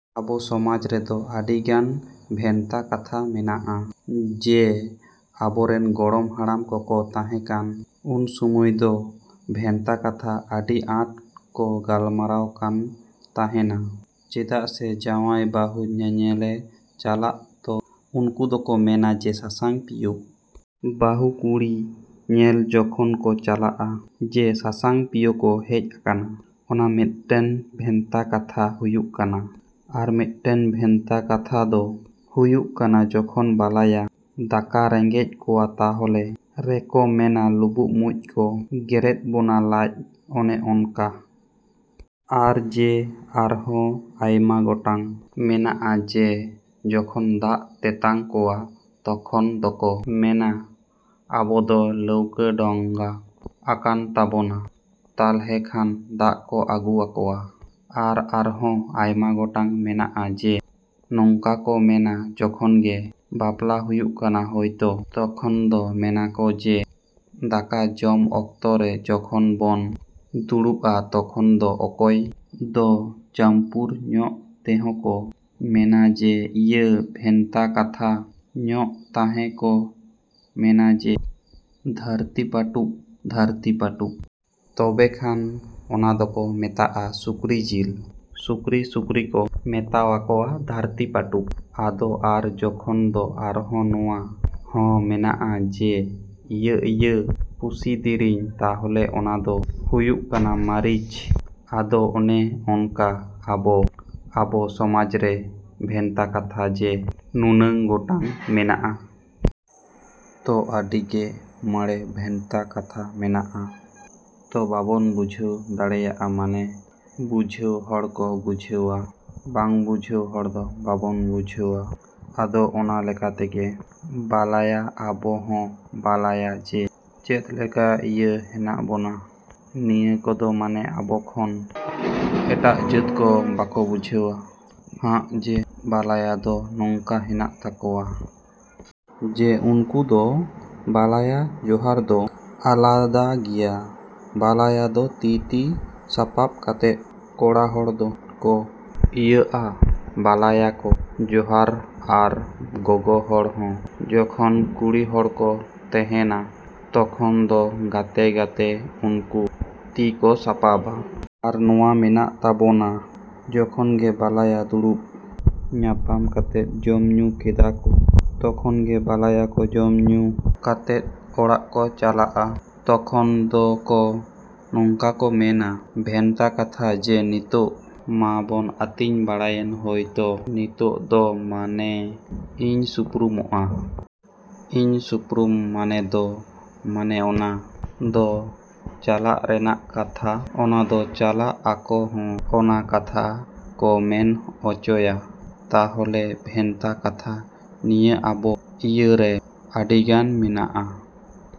ᱟᱵᱚ ᱥᱚᱢᱟᱡᱽ ᱨᱮᱫᱚ ᱟᱹᱰᱤᱜᱟᱱ ᱵᱷᱮᱱᱛᱟ ᱠᱟᱛᱷᱟ ᱦᱮᱱᱟᱜᱼᱟ᱾ ᱡᱮ, ᱟᱵᱚᱨᱮᱱ ᱜᱚᱲᱚᱢ ᱦᱟᱲᱟᱢ ᱠᱚᱠᱚ ᱛᱟᱦᱮᱸᱠᱟᱱ ᱩᱱ ᱥᱚᱢᱚᱭ ᱫᱚ ᱵᱷᱮᱱᱛᱟ ᱠᱟᱛᱷᱟ ᱟᱹᱰᱤ ᱟᱸᱴ ᱠᱚ ᱜᱟᱯᱟᱞ ᱢᱟᱨᱟᱜ ᱠᱟᱱ ᱛᱟᱦᱮᱸᱱᱟ᱾ ᱪᱮᱫᱟᱜ ᱥᱮ ᱡᱟᱦᱟᱸᱭ ᱵᱟᱹᱦᱩ ᱧᱮᱞᱮ ᱪᱟᱞᱟᱜ ᱛᱚ, ᱩᱱᱠᱩ ᱫᱚᱠᱚ ᱢᱮᱱᱟ ᱡᱮ, ᱥᱟᱥᱟᱝ ᱯᱤᱭᱳ᱾ ᱵᱟᱹᱦᱩ ᱠᱩᱲᱤ ᱧᱮᱞ ᱡᱚᱠᱷᱚᱱ ᱠᱚ ᱪᱟᱞᱟᱜ-ᱟ ᱡᱮ ᱥᱟᱥᱟᱝ ᱯᱤᱭᱳ ᱠᱚ ᱦᱮᱡ ᱟᱠᱟᱱᱟ᱾ ᱚᱱᱟ ᱢᱤᱫᱴᱮᱱ ᱵᱷᱮᱱᱛᱟ ᱠᱟᱛᱷᱟ ᱦᱩᱭᱩᱜ ᱠᱟᱱᱟ᱾ ᱟᱨ ᱢᱤᱫᱴᱮᱱ ᱵᱷᱮᱱᱛᱟ ᱠᱟᱛᱷᱟ ᱫᱚ ᱦᱩᱭᱩᱜ ᱠᱟᱱᱟ ᱡᱚᱠᱷᱚᱱ ᱵᱟᱞᱟᱭᱟ ᱫᱟᱠᱟ ᱨᱮᱸᱜᱮᱡ ᱠᱚᱣᱟ ᱛᱟᱞᱦᱮ ᱨᱮᱠᱚ ᱢᱮᱱᱟ ᱞᱩᱵᱩᱜ ᱢᱩᱡᱽ ᱠᱚ ᱜᱮᱨᱮᱫ ᱵᱚᱱᱟ ᱞᱟᱡ, ᱚᱱᱮ ᱚᱝᱠᱟᱱ᱾ ᱟᱨ ᱡᱮ, ᱟᱨᱦᱚᱸ ᱟᱭᱢᱟ ᱜᱚᱴᱟᱝ ᱢᱮᱱᱟᱜ-ᱟ ᱡᱮ, ᱡᱚᱠᱷᱚᱱ ᱫᱟᱜ ᱛᱮᱛᱟᱝ ᱠᱚᱣᱟ, ᱛᱚᱠᱷᱚᱱ ᱫᱚᱠᱚ ᱢᱮᱱᱟ ᱟᱵᱚ ᱫᱚ ᱞᱟᱹᱣᱠᱟᱹ ᱰᱷᱟᱝ ᱟᱠᱟᱱ ᱛᱟᱵᱚᱱᱟ᱾ ᱛᱟᱞᱦᱮ ᱠᱷᱟᱱ ᱫᱟᱜ ᱠᱚ ᱟᱹᱜᱩᱣᱟᱠᱚᱣᱟ᱾ ᱟᱨ, ᱟᱨᱦᱚᱸ ᱟᱭᱢᱟ ᱜᱚᱴᱟᱝ ᱢᱮᱱᱟᱜ-ᱟ ᱡᱮ, ᱱᱚᱝᱠᱟ ᱠᱚ ᱢᱮᱱᱟ ᱡᱚᱠᱷᱚᱱ ᱜᱮ ᱵᱟᱯᱞᱟ ᱦᱩᱭᱩᱜ ᱠᱟᱱᱟ ᱦᱚᱭᱛᱚ ᱛᱚᱠᱷᱚᱱ ᱫᱚ ᱢᱮᱱᱟᱠᱚ ᱡᱮ, ᱫᱟᱠᱟ ᱡᱚᱢ ᱚᱠᱛᱚ ᱨᱮ ᱡᱚᱠᱷᱚᱱ ᱵᱚᱱ ᱫᱩᱲᱩᱵᱚᱜ-ᱟ ᱛᱚᱠᱷᱚᱱ ᱫᱚ ᱚᱠᱚᱭ ᱫᱚ ᱪᱟᱹᱢᱯᱩᱨ ᱧᱚᱜ ᱛᱮᱦᱚᱸ ᱠᱚ ᱢᱮᱱᱟ ᱡᱮ, ᱤᱭᱟᱹ ᱵᱷᱮᱱᱛᱟ ᱠᱟᱛᱷᱟ ᱧᱚᱜ ᱛᱮᱦᱚᱸ ᱠᱚ ᱢᱮᱱᱟ ᱡᱮ, ᱫᱷᱟᱹᱨᱛᱤ ᱯᱟᱹᱴᱩᱵ, ᱫᱷᱟᱹᱨᱛᱤ ᱯᱟᱹᱴᱩᱵ᱾ ᱛᱚᱵᱮ ᱠᱷᱟᱱ ᱚᱱᱟ ᱫᱚᱠᱚ ᱢᱮᱛᱟᱜ-ᱟ ᱥᱩᱠᱨᱤ ᱡᱤᱞ, ᱥᱩᱠᱨᱤ, ᱥᱩᱠᱨᱤ ᱠᱚ ᱢᱮᱛᱟᱣᱟᱠᱚᱣᱟ ᱫᱷᱟᱹᱨᱛᱤ ᱯᱟᱹᱴᱩᱵ ᱟᱫᱚ ᱟᱨ ᱡᱚᱠᱷᱚᱱ ᱫᱚ ᱟᱨᱦᱚᱸ ᱱᱚᱣᱟ ᱦᱚᱸ ᱢᱮᱱᱟᱜ-ᱟ ᱡᱮ, ᱤᱭᱟᱹ ᱤᱭᱟᱹ ᱯᱩᱥᱤ ᱫᱤᱨᱤᱧ, ᱛᱟᱦᱚᱞᱮ ᱚᱱᱟ ᱫᱚ ᱦᱩᱭᱩᱜ ᱠᱟᱱᱟ ᱢᱟᱹᱨᱤᱪ᱾ ᱟᱫᱚ ᱚᱱᱮ ᱚᱝᱠᱟ ᱟᱵᱚ ᱥᱚᱢᱟᱡᱽ ᱨᱮ ᱵᱷᱮᱱᱛᱟ ᱠᱟᱛᱷᱟ ᱡᱮ, ᱱᱩᱱᱟᱹᱝ ᱜᱚᱴᱟᱝ ᱢᱮᱱᱟᱜ-ᱟ᱾ ᱛᱚ, ᱟᱹᱰᱤ ᱜᱮ ᱢᱟᱱᱮ ᱵᱷᱮᱱᱛᱟ ᱠᱟᱛᱷᱟ ᱢᱮᱱᱟᱜ-ᱟ, ᱛᱚ ᱵᱟᱵᱚ ᱵᱩᱡᱷᱟᱹᱣ ᱫᱟᱲᱮᱭᱟᱜ-ᱟ ᱢᱟᱱᱮ ᱵᱩᱡᱷᱟᱹᱣ ᱦᱚᱲ ᱠᱚ ᱵᱩᱡᱷᱟᱹᱣᱟ, ᱵᱟᱝ ᱵᱩᱡᱷᱟᱹᱣ ᱦᱚᱲ ᱫᱚ ᱵᱟᱠᱚ ᱵᱩᱡᱷᱟᱹᱣᱟ᱾ ᱟᱫᱚ ᱚᱱᱟ ᱞᱮᱠᱟ ᱛᱮᱜᱮ ᱵᱟᱞᱟᱭᱟ ᱟᱵᱚ ᱦᱚᱸ ᱵᱟᱞᱟᱭᱟ ᱡᱮ, ᱪᱮᱫᱞᱮᱠᱟ ᱤᱭᱟᱹ ᱦᱮᱱᱟᱜ ᱵᱚᱱᱟ ᱱᱤᱭᱟᱹ ᱠᱚᱫᱚ ᱢᱟᱱᱮ ᱟᱵᱚ ᱠᱷᱚᱱ ᱮᱴᱟᱜ ᱡᱟᱹᱛ ᱫᱚ ᱵᱟᱠᱚ ᱵᱟᱰᱟᱭᱟ ᱦᱟᱸᱜ ᱡᱮ, ᱵᱟᱞᱟᱭ ᱫᱚ ᱱᱚᱝᱠᱟ ᱢᱮᱱᱟᱜ ᱛᱟᱠᱚᱣᱟ᱾ ᱡᱮ, ᱩᱱᱠᱩ ᱫᱚ ᱵᱟᱞᱟᱭᱟ ᱡᱚᱦᱟᱨ ᱫᱚ ᱟᱞᱟᱫᱟ ᱜᱮᱭᱟ᱾ ᱵᱟᱞᱟᱭᱟ ᱫᱚ ᱛᱤ ᱛᱤ ᱥᱟᱯᱟᱵ ᱠᱟᱛᱮᱫ ᱠᱚᱲᱟ ᱦᱚᱲ ᱫᱚᱠᱚ ᱤᱭᱟᱹᱜ-ᱟ, ᱵᱟᱞᱟᱭᱟ ᱠᱚ ᱡᱚᱦᱟᱨᱟ᱾ ᱟᱨ ᱜᱚᱜᱚ ᱦᱚᱲ ᱦᱚᱸ ᱡᱚᱠᱷᱚᱱ ᱠᱩᱲᱤ ᱦᱚᱲ ᱠᱚ ᱛᱮᱦᱮᱱᱟ, ᱛᱚᱠᱷᱚᱱ ᱫᱚ ᱜᱟᱛᱮ ᱜᱟᱛᱮ ᱩᱱᱠᱩ ᱛᱤᱠᱚ ᱥᱟᱯᱟᱵᱟ᱾ ᱟᱨ ᱱᱚᱣᱟ ᱢᱮᱱᱟᱜ ᱛᱟᱵᱚᱱᱟ ᱡᱚᱠᱷᱚᱱ ᱜᱮ ᱵᱟᱞᱟᱭᱟ ᱫᱩᱲᱩᱵ ᱧᱟᱯᱟᱢ ᱠᱟᱛᱮᱫ ᱡᱚᱢ ᱧᱩ ᱠᱮᱫᱟ ᱠᱚ ᱛᱚᱠᱷᱚᱱ ᱜᱮ ᱵᱟᱞᱟᱭᱟ ᱠᱚ, ᱡᱚᱢ ᱧᱩ ᱠᱟᱛᱮᱫ ᱚᱲᱟᱜ ᱠᱚ ᱪᱟᱞᱟᱜ-ᱟ ᱛᱚᱠᱷᱚᱱ ᱫᱚᱠᱚ ᱱᱚᱝᱠᱟ ᱠᱚ ᱢᱮᱱᱟ ᱵᱷᱮᱱᱛᱟ ᱠᱟᱛᱷᱟ ᱡᱮ, ᱱᱤᱛᱚᱜ ᱢᱟᱵᱚᱱ ᱟᱹᱛᱤᱧ ᱵᱟᱲᱟᱭᱮᱱ ᱦᱚᱭᱛᱚ, ᱱᱤᱛᱚᱜ ᱫᱚ ᱢᱟᱱᱮ ᱤᱞ ᱥᱩᱯᱨᱩᱢᱚᱜ-ᱟ᱾ ᱤᱞ ᱥᱩᱯᱨᱩᱢ ᱢᱟᱱᱮ ᱫᱚ, ᱢᱟᱱᱮ ᱚᱱᱟ ᱫᱚ ᱪᱟᱞᱟᱜ ᱨᱮᱱᱟᱜ ᱠᱟᱛᱷᱟ᱾ ᱚᱱᱟ ᱫᱚ ᱪᱟᱞᱟᱜ ᱟᱠᱚ ᱦᱚᱸ ᱚᱱᱟ ᱠᱟᱛᱷᱟ ᱠᱚ ᱢᱮᱱ ᱚᱪᱚᱭᱟ᱾ ᱛᱟᱦᱚᱞᱮ ᱵᱷᱮᱱᱛᱟ ᱠᱟᱛᱷᱟ ᱱᱤᱭᱟᱹ ᱟᱵᱚ ᱤᱭᱟᱹ ᱨᱮ ᱟᱹᱰᱤᱜᱟᱱ ᱢᱮᱱᱟᱜ-ᱟ।